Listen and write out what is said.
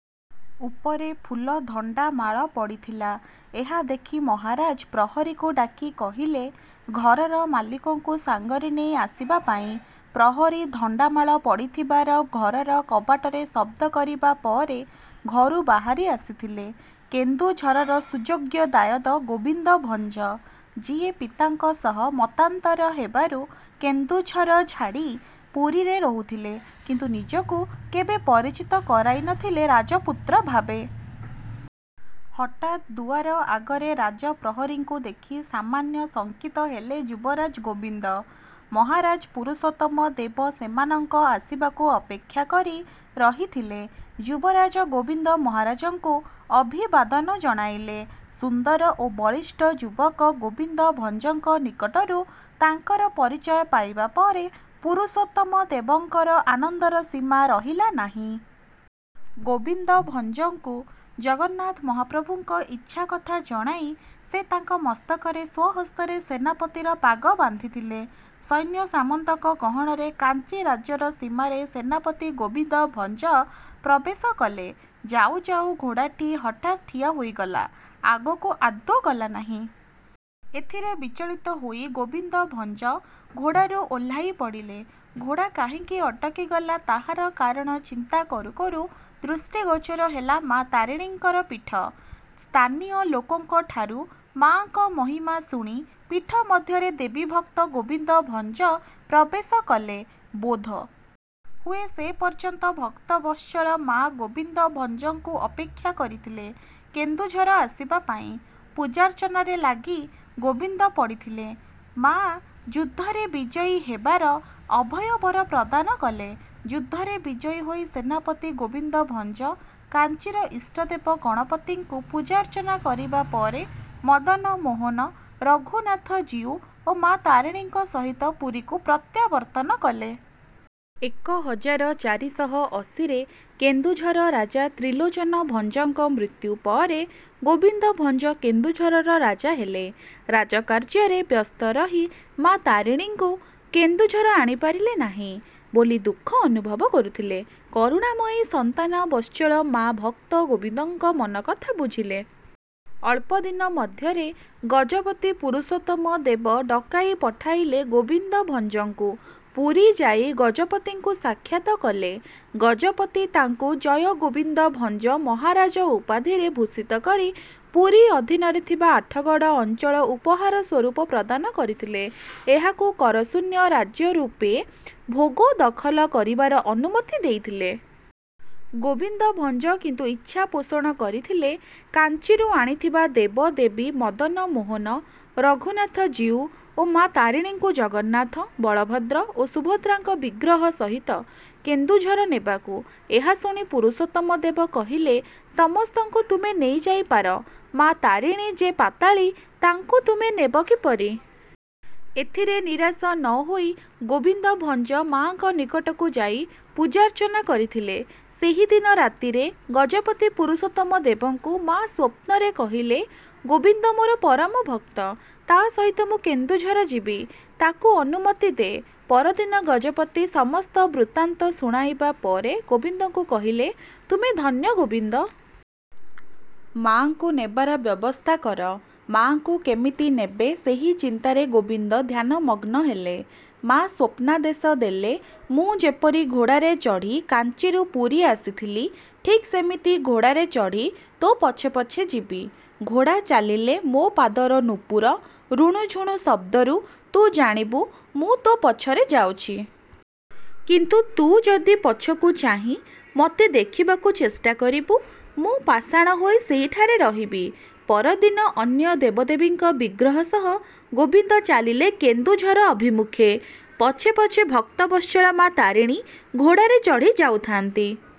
ଉପରେ ଫୁଲଧଣ୍ଡା ମାଳ ପଡ଼ିଥିଲା। ଏହା ଦେଖି ମହାରାଜ ପ୍ରହରୀକୁ ଡାକି କହିଲେ ଘରର ମାଲିକଙ୍କୁ ସାଙ୍ଗରେ ନେଇ ଆସିବା ପାଇଁ। ପ୍ରହରୀ ଧଣ୍ଡାମାଳ ପଡ଼ିଥିବାର ଘରର କବାଟରେ ଶବ୍ଦ କରିବା ପରେ ଘରୁ ବାହାରି ଆସିଥିଲେ କେନ୍ଦୁଝରର ସୁଯୋଗ୍ୟ ଦାୟଦ ଗୋବିନ୍ଦ ଭଞ୍ଜ, ଯିଏ ପିତାଙ୍କ ସହ ମତାନ୍ତର ହେବାରୁ କେନ୍ଦୁଝର ଛାଡ଼ି ପୁରୀରେ ରହୁଥିଲେ, କିନ୍ତୁ ନିଜକୁ କେବେ ପରିଚିତ କରାଇନଥିଲେ ରାଜପୁତ୍ର ଭାବେ। ହଠାତ ଦୁଆର ଆଗରେ ରାଜ ପ୍ରହରୀଙ୍କୁ ଦେଖି ସାମାନ୍ୟ ଶଙ୍କିତ ହେଲେ ଯୁବରାଜ ଗୋବିନ୍ଦ। ମହାରାଜ ପୁରୁଷୋତ୍ତମ ଦେବ ସେମାନଙ୍କ ଆସିବାକୁ ଅପେକ୍ଷା କରି ରହିଥିଲେ। ଯୁବରାଜ ଗୋବିନ୍ଦ ମହାରାଜଙ୍କୁ ଅଭିବାଦନ ଜଣାଇଲେ। ସୁନ୍ଦର ଓ ବଳିଷ୍ଠ ଯୁବକ ଗୋବିନ୍ଦ ଭଞ୍ଜଙ୍କ ନିକଟରୁ ତାଙ୍କର ପରିଚୟ ପାଇବା ପରେ ପୁରୁଷୋତ୍ତମ ଦେବଙ୍କର ଆନନ୍ଦର ସୀମା ରହିଲା ନାହିଁ। ଗୋବିନ୍ଦ ଭଞ୍ଜଙ୍କୁ ଜଗନ୍ନାଥ ମହାପ୍ରଭୁଙ୍କ ଇଛା କଥା ଜଣାଇ ସେ ତାଙ୍କ ମସ୍ତକରେ ସ୍ୱହସ୍ତରେ ସେନାପତିର ପାଗ ବାନ୍ଧିଥିଲେ। ସୈନ୍ୟସାମନ୍ତଙ୍କ ଗହଣରେ କାଞ୍ଚି ରାଜ୍ୟର ସୀମାରେ ସେନାପତି ଗୋବିନ୍ଦ ଭଞ୍ଜ ପ୍ରବେଶ କଲେ। ଯାଉ ଯାଉ ଘୋଡ଼ାଟି ହଠାତ ଠିଆ ହୋଇଗଲା, ଆଗକୁ ଆଦୌ ଗଲା ନାହିଁ। ଏଥିରେ ବିଚଳିତ ହୋଇ ଗୋବିନ୍ଦ ଭଞ୍ଜ ଘୋଡ଼ାରୁ ଓହ୍ଲାଇ ପଡ଼ିଲେ। ଘୋଡ଼ା କାହିଁକି ଅଟକିଗଲା ତାହାର କାରଣ ଚିନ୍ତା କରୁ କରୁ ଦୃଷ୍ଟିଗୋଚର ହେଲା ମାଆ ତାରିଣୀଙ୍କର ପୀଠ। ସ୍ଥାନୀୟ ଲୋକଙ୍କ ଠାରୁ ମାଆଙ୍କ ମହିମା ଶୁଣି ପୀଠ ମଧ୍ୟରେ ଦେବୀଭକ୍ତ ଗୋବିନ୍ଦ ଭଞ୍ଜ ପ୍ରବେଶ କଲେ। ବୋଧ ହୁଏ ସେ ପର୍ଯ୍ୟନ୍ତ ଭକ୍ତବତ୍ସଳ ମାଆ ଗୋବିନ୍ଦ ଭଞ୍ଜଙ୍କୁ ଅପେକ୍ଷା କରିଥିଲେ କେନ୍ଦୁଝର ଆସିବା ପାଇଁ। ପୂଜାର୍ଚ୍ଚନାରେ ଲାଗି ଗୋବିନ୍ଦ ପଡ଼ିଥିଲେ। ମାଆ ଯୁଦ୍ଧରେ ବିଜୟୀ ହେବାର ଅଭୟ ବର ପ୍ରଦାନ କଲେ। ଯୁଦ୍ଧରେ ବିଜୟୀ ହୋଇ ସେନାପତି ଗୋବିନ୍ଦ ଭଞ୍ଜ କାଞ୍ଚିର ଇଷ୍ଟଦେବ ଗଣପତିଙ୍କୁ ପୂଜାର୍ଚ୍ଚନା କରିବା ପରେ ମଦନମୋହନ, ରଘୁନାଥ ଜୀଉ ଓ ମାଆ ତାରିଣୀଙ୍କ ସହିତ ପୁରୀକୁ ପ୍ରତ୍ୟାବର୍ତ୍ତନ କଲେ। ଏକ ହଜାର ଚାରିଶହ ଅଶୀ ରେ କେନ୍ଦୁଝର ରାଜା ତ୍ରିଲୋଚନ ଭଞ୍ଜଙ୍କ ମୃତ୍ୟୁ ପରେ ଗୋବିନ୍ଦ ଭଞ୍ଜ କେନ୍ଦୁଝରର ରାଜା ହେଲେ। ରାଜକାର୍ଯ୍ୟରେ ବ୍ୟସ୍ତ ରହି ମାଆ ତାରିଣୀଙ୍କୁ କେନ୍ଦୁଝର ଆଣିପାରିଲେ ନାହିଁ ବୋଲି ଦୁଃଖ ଅନୁଭବ କରୁଥିଲେ। କରୁଣାମୟୀ ସନ୍ତାନବତ୍ସଳ ମାଆ ଭକ୍ତ ଗୋବିନ୍ଦଙ୍କ ମନକଥା ବୁଝିଲେ। ଅଳ୍ପଦିନ ମଧ୍ୟରେ ଗଜପତି ପୁରୁଷୋତ୍ତମ ଦେବ ଡକାଇ ପଠାଇଲେ ଗୋବିନ୍ଦ ଭଞ୍ଜଙ୍କୁ। ପୁରୀ ଯାଇ ଗଜପତିଙ୍କୁ ସାକ୍ଷାତ କଲେ। ଗଜପତି ତାଙ୍କୁ ଜୟ ଗୋବିନ୍ଦ ଭଞ୍ଜ ମହାରାଜ ଉପାଧିରେ ଭୂଷିତ କରି ପୁରୀ ଅଧୀନରେ ଥିବା ଆଠଗଡ଼ ଅଞ୍ଚଳ ଉପହାର ସ୍ୱରୂପ ପ୍ରଦାନ କରିଥିଲେ। ଏହାକୁ କରଶୂନ୍ୟ ରାଜ୍ୟ ରୂପେ ଭୋଗ ଦଖଲ କରିବାର ଅନୁମତି ଦେଇଥିଲେ। ଗୋବିନ୍ଦ ଭଞ୍ଜ କିନ୍ତୁ ଇଚ୍ଛା ପୋଷଣ କରିଥିଲେ କାଞ୍ଚିରୁ ଆଣିଥିବା ଦେବଦେବୀ ମଦନମୋହନ, ରଘୁନାଥଜୀଉ ଓ ମାଆ ତାରିଣୀଙ୍କୁ ଜଗନ୍ନାଥ, ବଳଭଦ୍ର ଓ ସୁଭଦ୍ରାଙ୍କ ବିଗ୍ରହ ସହିତ କେନ୍ଦୁଝର ନେବାକୁ। ଏହା ଶୁଣି ପୁରୁଷୋତ୍ତମ ଦେବ କହିଲେ, ସମସ୍ତଙ୍କୁ ତୁମେ ନେଇଯାଇପାର, ମାଆ ତାରିଣୀ ଯେ ପାତାଳୀ, ତାଙ୍କୁ ତୁମେ ନେବ କିପରି। ଏଥିରେ ନିରାଶ ନ ହୋଇ ଗୋବିନ୍ଦ ଭଞ୍ଜ ମାଆଙ୍କ ନିକଟକୁ ଯାଇ ପୂଜାର୍ଚ୍ଚନା କରିଥିଲେ। ସେହିଦିନ ରାତିରେ ଗଜପତି ପୁରୁଷୋତ୍ତମ ଦେବଙ୍କୁ ମାଆ ସ୍ୱପ୍ନରେ କହିଲେ, ଗୋବିନ୍ଦ ମୋର ପରମ ଭକ୍ତ। ତା ସହିତ ମୁଁ କେନ୍ଦୁଝର ଯିବି, ତାକୁ ଅନୁମତି ଦେ। ପରଦିନ ଗଜପତି ସମସ୍ତ ବୃତ୍ତାନ୍ତ ଶୁଣାଇବା ପରେ ଗୋବିନ୍ଦଙ୍କୁ କହିଲେ, ତୁମେ ଧନ୍ୟ ଗୋବିନ୍ଦ। ମାଆଙ୍କୁ ନେବାର ବ୍ୟବସ୍ଥା କର। ମାଆଙ୍କୁ କେମିତି ନେବେ ସେହି ଚିନ୍ତାରେ ଗୋବିନ୍ଦ ଧ୍ୟାନମଗ୍ନ ହେଲେ। ମାଆ ସ୍ୱପ୍ନାଦେଶ ଦେଲେ ମୁଁ ଯେପରି ଘୋଡ଼ାରେ ଚଢ଼ି କାଞ୍ଚିରୁ ପୁରୀ ଆସିଥିଲି, ଠିକ ସେମିତି ଘୋଡ଼ାରେ ଚଢ଼ି ତୋ ପଛେ ପଛେ ଯିବି। ଘୋଡ଼ା ଚାଲିଲେ ମୋ ପାଦର ନୁପୁର ରୁଣୁଝୁଣୁ ଶବ୍ଦରୁ ତୁ ଜାଣିବୁ ମୁଁ ତୋ ପଛରେ ଯାଉଛି। କିନ୍ତୁ ତୁ ଯଦି ପଛକୁ ଚାହିଁ ମୋତେ ଦେଖିବାକୁ ଚେଷ୍ଟା କରିବୁ, ମୁଁ ପାଷାଣ ହୋଇ ସେହିଠାରେ ରହିବି। ପରଦିନ ଅନ୍ୟ ଦେବଦେବୀଙ୍କ ବିଗ୍ରହ ସହ ଗୋବିନ୍ଦ ଚାଲିଲେ କେନ୍ଦୁଝର ଅଭିମୁଖେ। ପଛେ ପଛେ ଭକ୍ତବତ୍ସଳ ମାଆ ତାରିଣୀ ଘୋଡ଼ାରେ ଚଢ଼ି ଯାଉଥାଆନ୍ତି।